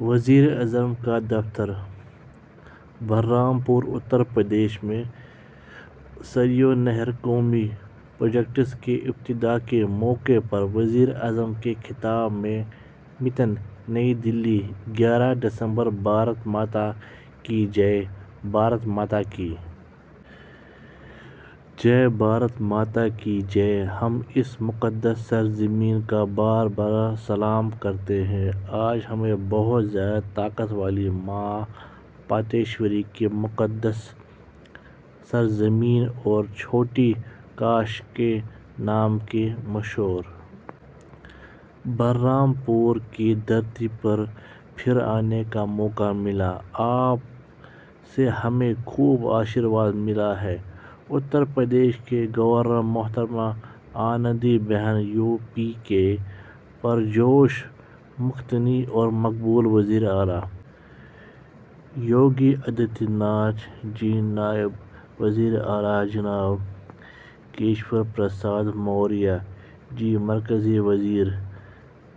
وزیراعظم کا دفتر بلرام پور اتر پردیش میں سریو نہر قومی پروجیکٹ کے افتتاح کے موقع پر وزیراعظم کے خطاب کا متن نئی دہلی گیارہ دسمبر بھارت ماتا کی جئے بھارت ماتا کی جئے بھارت ماتا کی جئے ہم اس مقدس سرزمین کا بار بار سلام کرتے ہیں آج ہمیں بہت زیادہ طاقت والی ماں پاٹیشوری کی مقدس سرزمین اور چھوٹی کاشی کے نام سے مشہور بلرام پور کی دھرتی پر پھر آنے کا موقع ملا آپ سے ہمیں خوب آشیرواد ملا ہے اتر پردیش کی گورنر محترمہ آنندی بین یو پی کے پرجوش محنتی اور مقبول وزیر اعلیٰ یوگی آدتیہ ناتھ جی نائب وزیر اعلیٰ جناب کیشور پرساد موریا جی مرکزی وزیر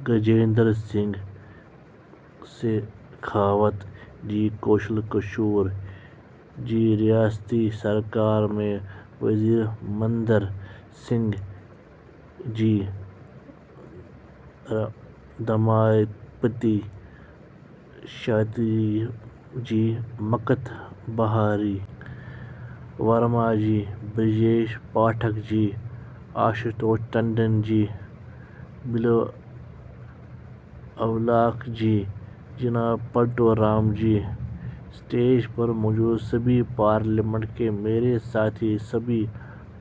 گجیندر سنگھ شیخاوت جی کوشل کشور جی ریاستی سرکار میں وزیر مہندر سنگھ جی رماپتی شاستری جی مکٹ بہاری ورما جی برجیش پاٹھک جی آشوتوش ٹنڈن جی بلدیو اولاکھ جی جناب پلٹو رام جی اسٹیج پر موجود سبھی پارلیمنٹ کے میرے ساتھی سبھی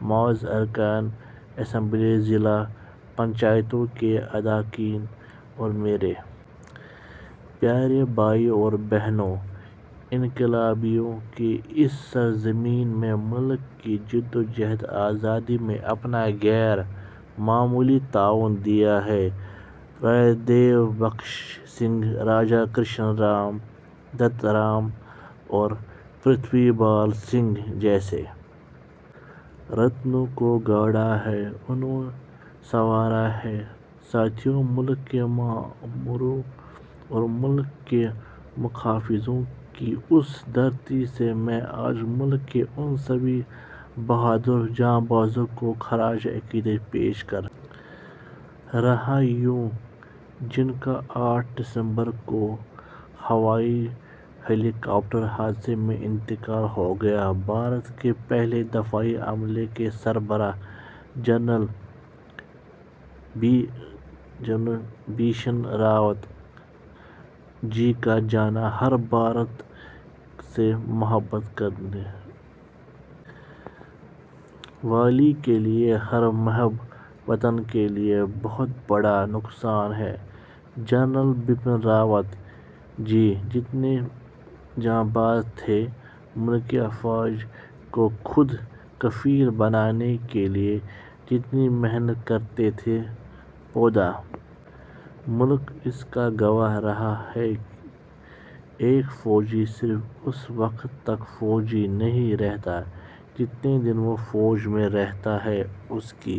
معزز اراکین اسمبلی ضلع پنچایتوں کے اراکین اور میرے پیارے بھائیوں اور بہنو انقلابیوں کی اس سرزمین نے ملک کی جدوجہد آزادی میں اپنا غیر معمولی تعاون دیا ہے راجا دیوی بخش سنگھ راجا کرشن دت رام اور پرتھوی بال سنگھ جیسے رتنوں کو گڑھا ہے انہیں سنوارا ہے ساتھیو ملک کے معماروں اور ملک کے محافظوں کی اس دھرتی سے میں آج ملک کے ان سبھی بہادر جانبازوں کو بھی خراج عقیدت پیش کر رہا ہوں جن کا آٹھ دسمبر کو ہوئے ہیلی کاپٹر حادثے میں انتقال ہو گیا بھارت کے پہلے دفاعی عملے کے سربراہ جنرل بپن راوت جی کا جانا ہر بھارت سے محبت کرنے والے کے لیے ہر محب وطن کے لیے بہت بڑا نقصان ہے جنرل بپن راوت جی جتنے جانباز تھے ملک کی افواج کو خود کفیل بنانے کے لیے جتنی محنت کرتے تھے پورا ملک اس کا گواہ رہا ہے ایک فوجی صرف اسی وقت تک فوجی نہیں رہتا جتنے دن وہ فوج میں رہتا ہے اس کی